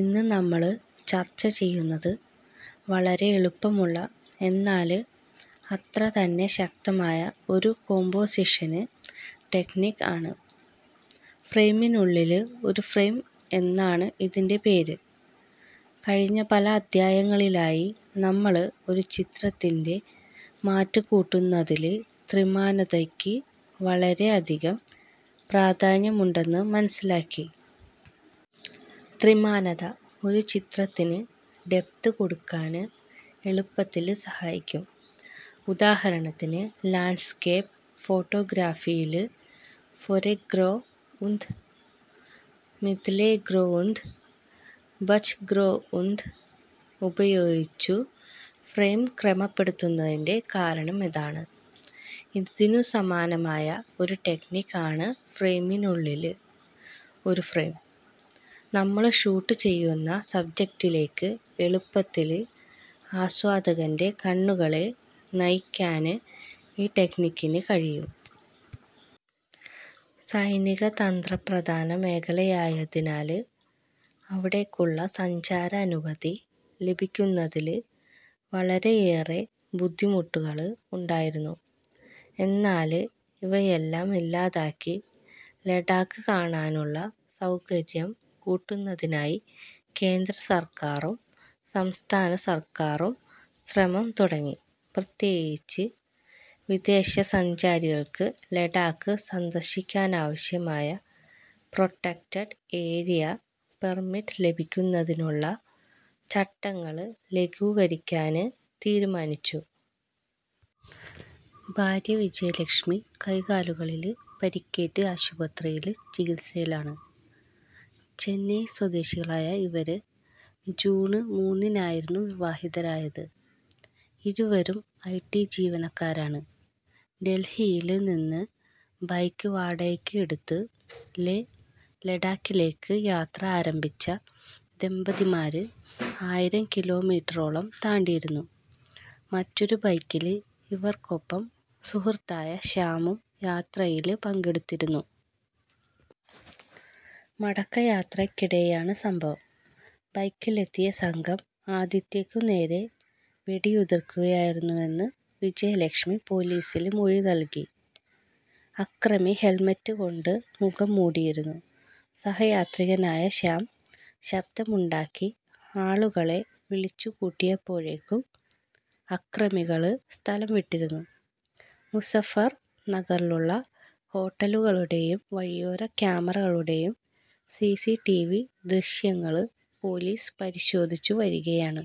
ഇന്ന് നമ്മള് ചര്ച്ച ചെയ്യുന്നത് വളരെ എളുപ്പമുള്ള എന്നാല് അത്ര തന്നെ ശക്തമായ ഒരു കോമ്പോസിഷന് ടെക്നിക് ആണ്. ഫ്രെയിമിനുള്ളില് ഒരു ഫ്രെയിം എന്നാണ് ഇതിന്റെ പേര്. കഴിഞ്ഞ പല അദ്ധ്യായങ്ങളിലായി നമ്മള് ഒരു ചിത്രത്തിന്റെ മാറ്റുകൂട്ടുന്നതില് ത്രിമാനത യ്ക്ക് വളരെ അധികം പ്രാധാന്യമുണ്ടെന്ന് മനസ്സിലാക്കി. ത്രിമാനത ഒരു ചിത്രത്തിന് ഡെപ്ത് കൊടുക്കാന് എളുപ്പത്തില് സഹായിക്കും. ഉദാഹരണത്തിന് ലാന്ഡ്സ്കേപ്പ് ഫോട്ടോഗ്രാഫിയില് ഫൊരെഗ്രൊഉന്ദ്, മിദ്ദ്ലെ ഗ്രൊഉന്ദ്, ബച്ക്ഗ്രൊഉന്ദ് ഉപയോഗിച്ചു ഫ്രെയിം ക്രമപ്പെടുത്തുന്നതിന്റെ കാരണം ഇതാണ്. ഇതിനു സമാനമായ ഒരു ടെക്നിക് ആണ് ഫ്രെയിമിനുള്ളില് ഒരു ഫ്രെയിം. നമ്മള് ഷൂട്ട് ചെയ്യുന്ന സബ്ജക്ടിലേക്ക് എളുപ്പത്തില് ആസ്വാദകന്റെ കണ്ണുകളെ നയിക്കാന് ഈ ടെക്നിക്കിന് കഴിയും. സൈനിക തന്ത്രപ്രധാന മേഖലയായതിനാല് അവിടേക്കുളള സഞ്ചാര അനുമതി ലഭിക്കുന്നതില് വളരെയേറെ ബുദ്ധിമുട്ടുകള് ഉണ്ടായിരുന്നു. എന്നാല് ഇവയെല്ലാം ഇല്ലാതാക്കി ലഡാക്ക് കാണാനുളള സൗകര്യം കൂട്ടുന്നതിനായി കേന്ദ്ര സര്ക്കാറും സംസ്ഥാന സര്ക്കാറും ശ്രമം തുടങ്ങി. പ്രത്യേകിച്ച് വിദേശസഞ്ചാരികള്ക്ക് ലഡാക്ക് സന്ദര്ശിക്കാനാവശ്യമായ പ്രൊട്ടക്ടഡ് ഏരിയ പെര്മിറ്റ് ലഭിക്കുന്നതിനുളള ചട്ടങ്ങള് ലഘൂകരിക്കാന് തീരുമാനിച്ചു. ഭാര്യ വിജയലക്ഷ്മി കൈകാലുകളില് പരിക്കേറ്റ് ആശുപത്രിയില് ചികിത്സയിലാണ്. ചെന്നൈ സ്വദേശികളായ ഇവര് ജൂണ് മൂന്നിനായിരുന്നു വിവാഹിതരായത്. ഇരുവരും ഐടി ജീവനക്കാരാണ്. ഡല്ഹിയില് നിന്ന് ബൈക്ക് വാടകയ്ക്ക് എടുത്ത് ലേ, ലഡാക്കിലേക്ക് യാത്ര ആരംഭിച്ച ദമ്പതിമാര് ആയിരംകിലോമീറ്ററോളം താണ്ടിയിരുന്നു. മറ്റൊരു ബൈക്കില് ഇവര്ക്കൊപ്പം സുഹൃത്തായ ശ്യാമും യാത്രയില് പങ്കെടുത്തിരുന്നു. മടക്കയാത്രയ്ക്കിടെയാണ് സംഭവം. ബൈക്കിലെത്തിയ സംഘം ആദിത്യക്കു നേരെ വെടിയുതിര്ക്കുകയായിരുന്നുവെന്ന് വിജയലക്ഷ്മി പോലീസില് മൊഴി നല്കി. അക്രമി ഹെല്മെറ്റ് കൊണ്ട് മുഖം മൂടിയിരുന്നു. സഹയാത്രികനായ ശ്യാം ശബ്ദമുണ്ടാക്കി ആളുകളെ വിളിച്ചുകൂട്ടിയപ്പോഴേക്കും അക്രമികള് സ്ഥലം വിട്ടിരുന്നു. മുസഫര് നഗറിലുള്ള ഹോട്ടലുകളുടെയും വഴിയോര ക്യാമറകളുടെയും സിസിടിവി ദൃശ്യങ്ങള് പോലീസ് പരിശോധിച്ചുവരികയാണ്.